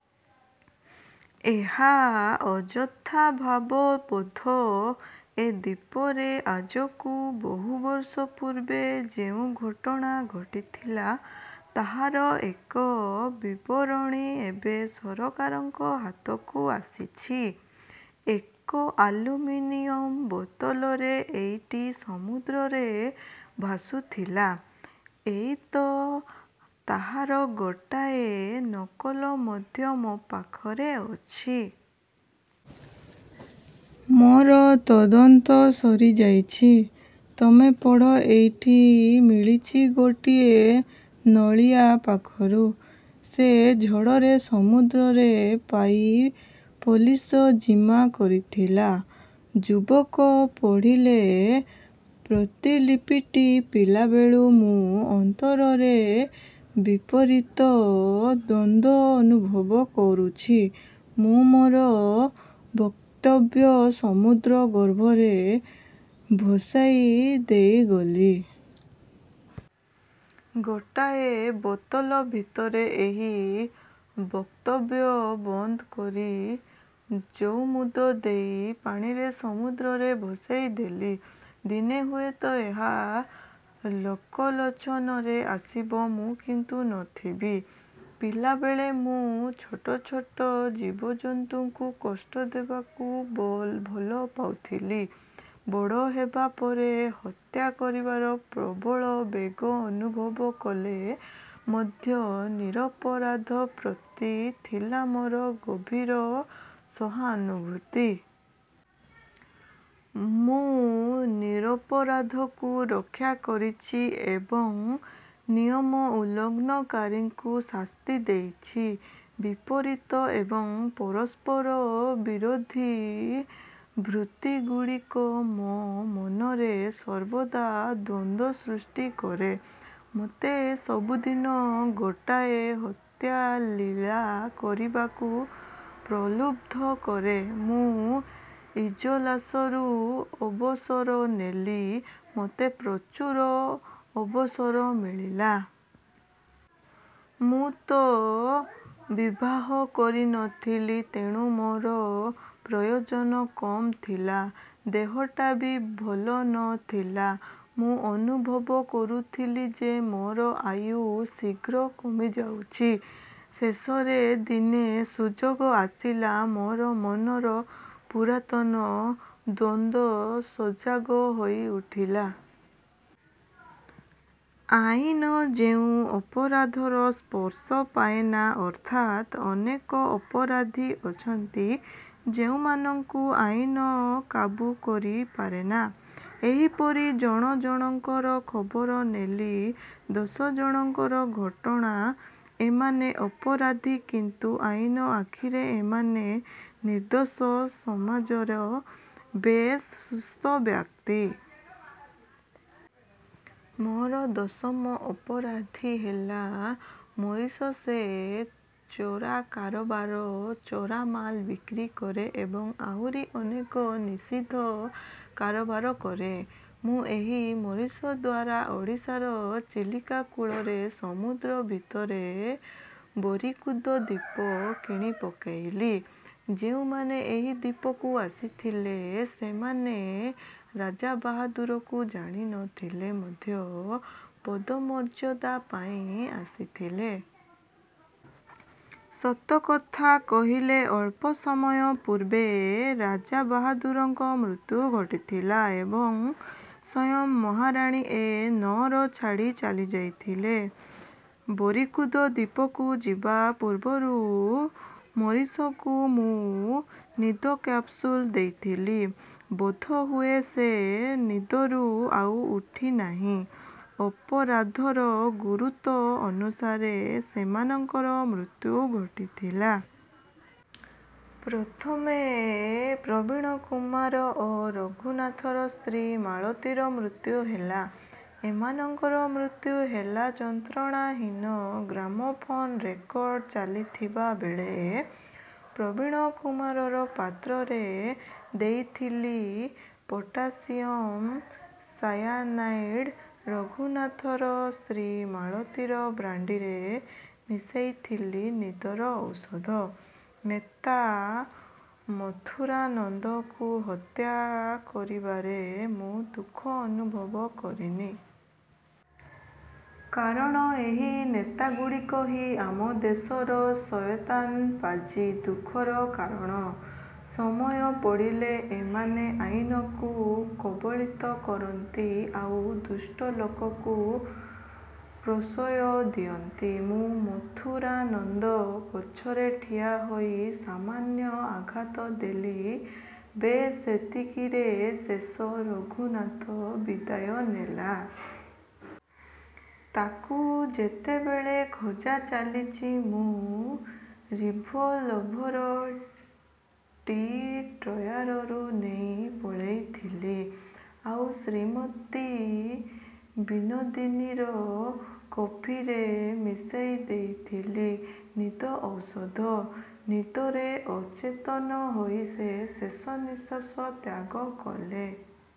ଏହା ଅଯଥା ଭାବବୋଧ। ଏ ଦ୍ଵୀପରେ ଆଜକୁ ବହୁ ବର୍ଷ ପୂର୍ବେ ଯେଉଁ ଘଟଣା ଘଟିଥିଲା ତାହାର ଏକ ବିବରଣୀ ଏବେ ସରକାରଙ୍କ ହାତକୁ ଆସିଛି। ଏକ ଆଲୁମିନିୟମ ବୋତଲରେ ଏଇଟି ସମୁଦ୍ରରେ ଭାସୁଥିଲା। ଏଇ ତ ତାହାର ଗୋଟାଏ ନକଲ ମଧ୍ୟ ମୋ ପାଖରେ ଅଛି। ମୋର ତଦନ୍ତ ସରିଯାଇଛି। ତମେ ପଢ଼। ଏଇଟି ମିଳିଛି ଗୋଟିଏ ନୋଳିଆ ପାଖରୁ। ସେ ଝଡ଼ରେ ସମୁଦ୍ରରେ ପାଇ ପୋଲିସ ଜିମା କରିଥିଲା। ଯୁବକ ପଢ଼ିଲେ ପ୍ରତିଲିପିଟି, ପିଲାବେଳୁ ମୁଁ ଅନ୍ତରରେ ବିପରୀତ ଦ୍ଵନ୍ଦ୍ୱ ଅନୁଭବ କରୁଛି। ମୁଁ ମୋର ବକ୍ତବ୍ୟ ସମୁଦ୍ର ଗର୍ଭରେ ଭସାଇ ଦେଇଗଲି। ଗୋଟାଏ ବୋତଲ ଭିତରେ ଏହି ବକ୍ତବ୍ୟ ବନ୍ଦ କରି ଜଉମୁଦ ଦେଇ ପାଣିରେ ସମୁଦ୍ରରେ ଭସାଇଦେଲି। ଦିନେ ହୁଏତ ଏହା ଲୋକଲୋଚନରେ ଆସିବ। ମୁଁ କିନ୍ତୁ ନ ଥିବି। ପିଲାବେଳେ ମୁଁ ଛୋଟ ଛୋଟ ଜୀବଜନ୍ତୁଙ୍କୁ କଷ୍ଟ ଦେବାକୁ ଭଲ ପାଉଥିଲି। ବଡ଼ ହେବା ପରେ ହତ୍ୟା କରିବାର ପ୍ରବଳ ବେଗ ଅନୁଭବ କଲେ ମଧ୍ୟ ନିରପରାଧ ପ୍ରତି ଥିଲା ମୋର ଗଭୀର ସହାନୁଭୂତି। ମୁଁ ନିରପରାଧକୁ ରକ୍ଷା କରିଛି ଏବଂ ନିୟମ ଉଲ୍ଲଂଘନକାରୀକୁ ଶାସ୍ତି ଦେଇଛି। ବିପରୀତ ଏବଂ ପରସ୍ପର ବିରୋଧୀ ବୃତ୍ତିଗୁଡ଼ିକ ମୋ ମନରେ ସର୍ବଦା ଦ୍ଵନ୍ଦ୍ୱ ସୃଷ୍ଟି କରେ। ମୋତେ ସବୁଦିନ ଗୋଟାଏ ହତ୍ୟାଲୀଳା କରିବାକୁ ପ୍ରଲୁବ୍ଧ କରେ। ମୁଁ ଇଜଲାସରୁ ଅବସର ନେଲି। ମୋତେ ପ୍ରଚୁର ଅବସର ମିଳିଲା। ମୁଁ ତ ବିବାହ କରି ନ ଥିଲି ତେଣୁ ମୋର ପ୍ରୟୋଜନ କମ୍ ଥିଲା। ଦେହଟା ବି ଭଲ ନ ଥିଲା। ମୁଁ ଅନୁଭବ କରୁଥିଲି ଯେ ମୋର ଆୟୁ ଶୀଘ୍ର କମିଯାଉଛି। ଶେଷରେ ଦିନେ ସୁଯୋଗ ଆସିଲା। ମୋର ମନର ପୁରାତନ ଦ୍ଵନ୍ଦ୍ୱ ସଜାଗ ହୋଇଉଠିଲା। ଆଇନ ଯେଉଁ ଅପରାଧର ସ୍ପର୍ଶ ପାଏନା, ଅର୍ଥାତ୍ ଅନେକ ଅପରାଧୀ ଅଛନ୍ତି ଯେଉଁମାନଙ୍କୁ ଆଇନ କାବୁ କରି ପାରେନା, ଏହିପରି ଜଣ ଜଣଙ୍କର ଖବର ନେଲି। ଦଶ ଜଣଙ୍କର ଘଟଣା। ଏମାନେ ଅପରାଧୀ କିନ୍ତୁ ଆଇନ ଆଖିରେ ଏମାନେ ନିର୍ଦ୍ଦୋଷ, ସମାଜର ବେଶ୍ ସୁସ୍ଥ ବ୍ୟକ୍ତି। ମୋର ଦଶମ ଅପରାଧୀ ହେଲା ମରିସ। ସେ ଚୋରା କାରବାର, ଚୋରା ମାଲ ବିକ୍ରି କରେ ଏବଂ ଆହୁରି ଅନେକ ନିଷିଦ୍ଧ କାରବାର କରେ। ମୁଁ ଏହି ମରିସ ଦ୍ଵାରା ଓଡ଼ିଶାର ଚିଲିକା କୂଳରେ ସମୁଦ୍ର ଭିତରେ ବରିକୁଦ ଦ୍ଵୀପ କିଣିପକାଇଲି। ଯେଉଁମାନେ ଏହି ଦ୍ଵୀପକୁ ଆସିଥିଲେ ସେମାନେ ରାଜାବାହାଦୁରକୁ ଜାଣି ନ ଥିଲେ ମଧ୍ୟ ପଦମର୍ଯ୍ୟାଦା ପାଇଁ ଆସିଥିଲେ। ସତ କଥା କହିଲେ, ଅଳ୍ପ ସମୟ ପୂର୍ବେ ରାଜାବାହାଦୁରଙ୍କ ମୃତ୍ୟୁ ଘଟିଥିଲା ଏବଂ ସ୍ୱୟଂ ମହାରାଣୀ ଏ ନଅର ଛାଡ଼ି ଚାଲିଯାଇଥିଲେ। ବରିକୁଦ ଦ୍ଵୀପକୁ ଯିବା ପୂର୍ବରୁ ମରିସକୁ ମୁଁ ନିଦ କ୍ୟାପସୁଲ ଦେଇଥିଲି। ବୋଧହୁଏ ସେ ନିଦରୁ ଆଉ ଉଠିନାହିଁ। ଅପରାଧର ଗୁରୁତ୍ଵ ଅନୁସାରେ ସେମାନଙ୍କର ମୃତ୍ୟୁ ଘଟିଥିଲା। ପ୍ରଥମେ ପ୍ରବୀଣକୁମାର ଓ ରଘୁନାଥର ସ୍ତ୍ରୀ ମାଳତୀର ମୃତ୍ୟୁ ହେଲା। ଏମାନଙ୍କର ମୃତ୍ୟୁ ହେଲା ଯନ୍ତ୍ରଣାହୀନ। ଗ୍ରାମୋଫୋନ ରେକର୍ଡ଼ ଚାଲିଥିବା ବେଳେ ପ୍ରବୀଣକୁମାରର ପାତ୍ରରେ ଦେଇଥିଲି ପଟାସିୟମ୍ ସାୟାନାଇଡ୍। ରଘୁନାଥର ସ୍ତ୍ରୀ ମାଳତୀର ବ୍ରାଣ୍ଡିରେ ମିଶାଇଥିଲି ନିଦର ଔଷଧ। ନେତା ମଥୁରାନନ୍ଦକୁ ହତ୍ୟା କରିବାରେ ମୁଁ ଦୁଃଖ ଅନୁଭବ କରିନି। କାରଣ ଏହି ନେତାଗୁଡ଼ିକ ହିଁ ଆମ ଦେଶର ଶୟତାନ, ପାଜି, ଦୁଃଖର କାରଣ। ସମୟ ପଡ଼ିଲେ ଏମାନେ ଆଇନକୁ କବଳିତ କରନ୍ତି ଆଉ ଦୁଷ୍ଟ ଲୋକକୁ ପ୍ରଶ୍ରୟ ଦିଅନ୍ତି। ମୁଁ ମଥୁରାନନ୍ଦ ପଛରେ ଠିଆ ହୋଇ ସାମାନ୍ୟ ଆଘାତ ଦେଲି, ବେଶ୍ ସେତିକିରେ ଶେଷ। ରଘୁନାଥ ବିଦାୟ ନେଲା। ତାକୁ ଯେତେବେଳେ ଖୋଜା ଚାଲିଛି ମୁଁ ରିଭଲଭର ଟି ଡ୍ରୟାରରୁ ନେଇ ପଳାଇଥିଲି, ଆଉ ଶ୍ରୀମତୀ ବିନୋଦିନୀର କଫିରେ ମିଶାଇଦେଇଥିଲି ନିଦ ଔଷଧ। ନିଦରେ ଅଚେତନ ହୋଇ ସେ ଶେଷ ନିଶ୍ୱାସ ତ୍ୟାଗ କଲେ।